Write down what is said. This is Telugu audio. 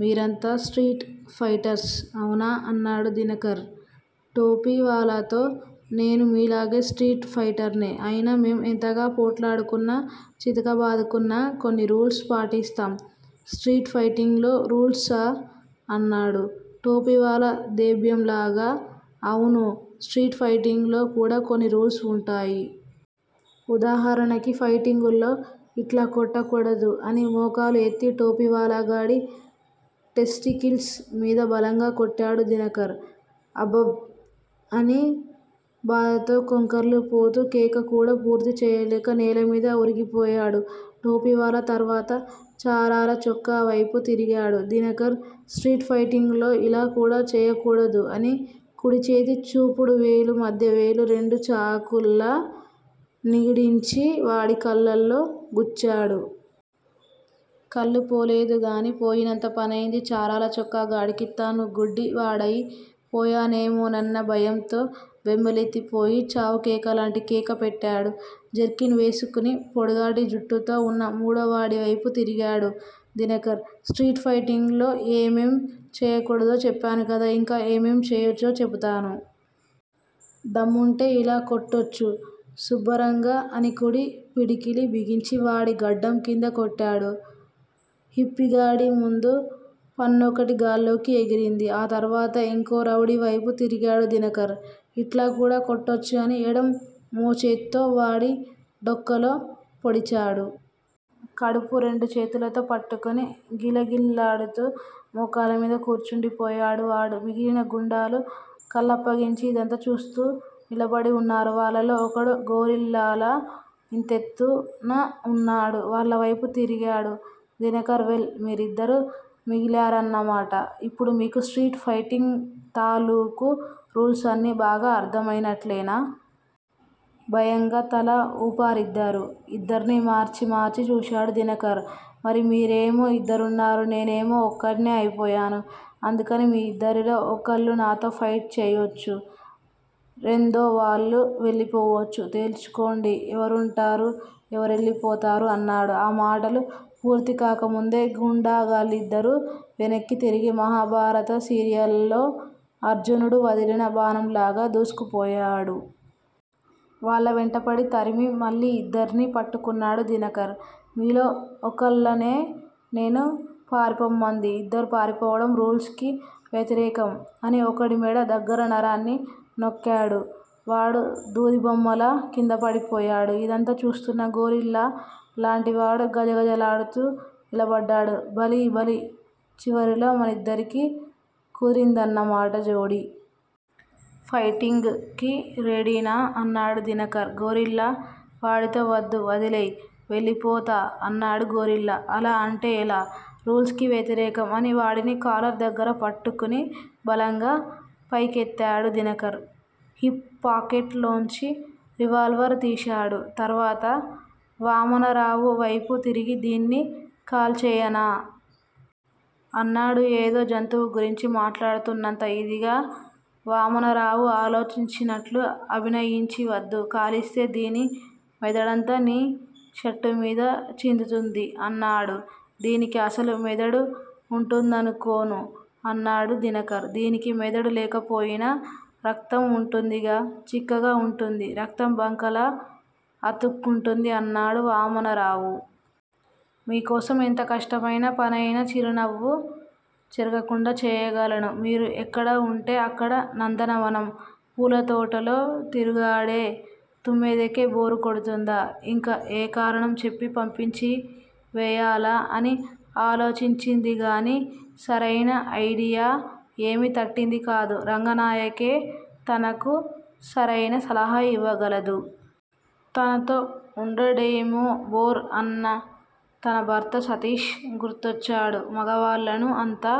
మీరంతా స్ట్రీట్ ఫైటర్స్, అవునా? అన్నాడు దినకర్ టోపీ వాలాతో. నేనూ మీలాగే స్ట్రీట్ ఫైటర్నే! అయినా మేం ఎంతగా పోట్లాడుకున్న చితకబాదుకున్నా కొన్ని రూల్సు పాటిస్తాం. స్ట్రీట్ ఫైటింగ్ లో రూల్సా? అన్నాడు టోపీవాలా దేభ్యంలాగా. అవును స్ట్రీట్ ఫైటింగులో కూడా కొన్ని రూల్సు వుంటాయి. వుదాహరణకి ఫైటింగులో ఇట్లా కొట్టకూడదు! అని మోకాలు ఎత్తి టోపీవాలాగాడి టెస్టికిల్స్ మీద బలంగా కొట్టాడు దినకర్. అబ్ బ్ అని బాధతో కొంకర్లు పోతూ కేక కూడా పూర్తి చెయ్యలేక నేలమీద ఒరిగిపోయాడు టోపీవాలా. తర్వాత చారలచొక్కా వైపు తిరిగాడు దినకర్. స్ట్రీట్ ఫైటింగులో ఇలా కూడా చెయ్యకూడదు అని కుడిచేతి చూపుడువేలు, మధ్యవేలు రెండూ చాకుల్లా నిగిడించి వాడి కళ్ళల్లో గుచ్చాడు. కళ్ళు పోలేదు గానీ పోయినంత పనైంది చారల చొక్కా గాడికి. తనుగుడ్డి వాడయి పోయానేమోనన్న భయంతో బెంబేలెత్తిపోయి చావుకేకలాంటి కేక పెట్టాడు. జెర్కిన్ వేసుకుని పొడుగాటి జుట్టుతో ఉన్న మూడోవాడివైపు తిరిగాడు దినకర్. స్ట్రీట్ ఫైటింగులో ఏమేం చెయ్యకూడదో చెప్పాను కదా. ఇంకా ఏమేం చేయొచ్చో చెబుతాను. దమ్ముంటే ఇలా కొట్టొచ్చు సుబ్బరంగా అని కుడి పిడికిలి బిగించి వాడి గడ్డం కింద కొట్టాడు. హిప్పీగాడి ముందు పన్నొకటి గాల్లోకి ఎగిరింది. ఆ తర్వాత ఇంకో రౌడీ వైపు తిరిగాడు దినకర్. ఇట్లా కూడా కొట్టొచ్చు! అని ఎడం మోచేత్తో వాడి డొక్కలో పొడిచాడు. కడుపు రెండు చేతులతో పట్టుకుని గిలగిల్లాడుతూ మోకాళ్ళమీద కూర్చుండిపోయాడు వాడు. మిగిలిన గూండాలు కళ్ళప్పగించి ఇదంతా చూస్తూ నిలబడి వున్నారు వాళ్ళలో ఒకడు గొరిల్లాలా ఇంతెత్తున ఉన్నాడు. వాళ్ళవైపు తిరిగాడు దినకర్. వెల్! మీరిద్దరూ మిగిలారన్నమాట! ఇప్పుడు మీకు స్ట్రీట్ ఫైటింగ్ తాలూకు రూల్సన్నీ బాగా అర్ధం అయినట్లేనా? భయంగా తల ఊపారిద్దరూ. ఇద్దర్నీ మార్చి మార్చి చూశాడు దినకర్. మరి మీరేమో ఇద్దరున్నారు. నేనేమో ఒక్కడ్నే అయిపోయాను. అందుకని మీ ఇద్దరిలో ఒకళ్ళు నాతో ఫైట్ చేయొచ్చు. రెందోవాళ్ళు వెళ్ళిపోవచ్చు. తేల్చుకోండి! ఎవరుంటారు? ఎవరెళ్ళిపోతారు? అన్నాడు. ఆ మాటలు పూర్తికాకముందే గూండా గాళ్లిద్దరూ వెనక్కి తిరిగి మహాభారత సీరియల్లో అర్జునుడు వదిలిన బాణంలాగా దూసుకుపోయాడు. వాళ్ళ వెంటపడి తరిమి మళ్ళీ ఇద్దరినీ పట్టుకున్నాడు దినకర్. మీలో ఒకళ్ళనే నేను పారిపొమ్మంది. ఇద్దరూ పారిపోవడం రూల్సుకి వ్యతిరేకం. అని ఒకడి మెడ దగ్గర నరాన్ని నొక్కాడు. వాడు దూదిబొమ్మలా కిందపడిపోయాడు. ఇదంతా చూస్తున్న గొరిల్లా లాంటివాడు గజగజలాడుతూ నిలబడ్డాడు. భళి భళీ! చివరిలో మనిద్దరికీ కుదిరిందన్నమాట జోడీ! ఫైటింగ్ కి రెడీనా? అన్నాడు దినకర్ గొరిల్లా వాడితో. వద్దు వదిలెయ్ వెళ్ళిపోతా! అన్నాడు గొరిల్లా. అలా అంటే ఎలా? రూల్స్ కి వ్యతిరేకం! అని వాడిని కాలర్ దగ్గర పట్టుకుని బలంగా పైకెత్తాడు దినకర్. హిప్ పాకెట్ లోంచి రివాల్వర్ తీశాడు. తర్వాత వామనరావు వైపు తిరిగి దీన్ని కాల్చెయ్యనా? అన్నాడు ఏదో జంతువు గురించి మాట్లాడుతున్నంత ఇదిగా. వామనరావు ఆలోచించినట్లు అభినయించి వద్దు! కాలిస్తే దీని మెదడంతా నీ షర్టుమీద చిందుతుంది అన్నాడు. దీనికి అసలు మెదడు ఉంటుందనుకోను అన్నాడు దినకర్. దీనికి మెదడు లేకపోయినా రక్తం వుంటుందిగా! చిక్కగా వుంటుంది రక్తం! బంకలా అతుక్కుంటుంది అన్నాడు వామనరావు. మీకోసం ఎంత కష్టమైన పనయినా చిరునవ్వు చెరగకుండా చేయగలను. మీరు ఎక్కడ వుంటే అక్కడ నందనవనం. పూలతోటలో తిరుగాడే తుమ్మెదకి బోరు కొడుతుందా? ఇక ఏ కారణం చెప్పి పంపించి వేయాలా అని ఆలోచించిందిగానీ సరైన ఐడియా ఏమీ తట్టింది కాదు. రంగనాయకే తనకు సరైన సలహా ఇవ్వగలదు. తనతో వుండడమే బోర్ అన్న తన భర్త సతీష్ గుర్తొచ్చాడు. మగవాళ్ళను అంత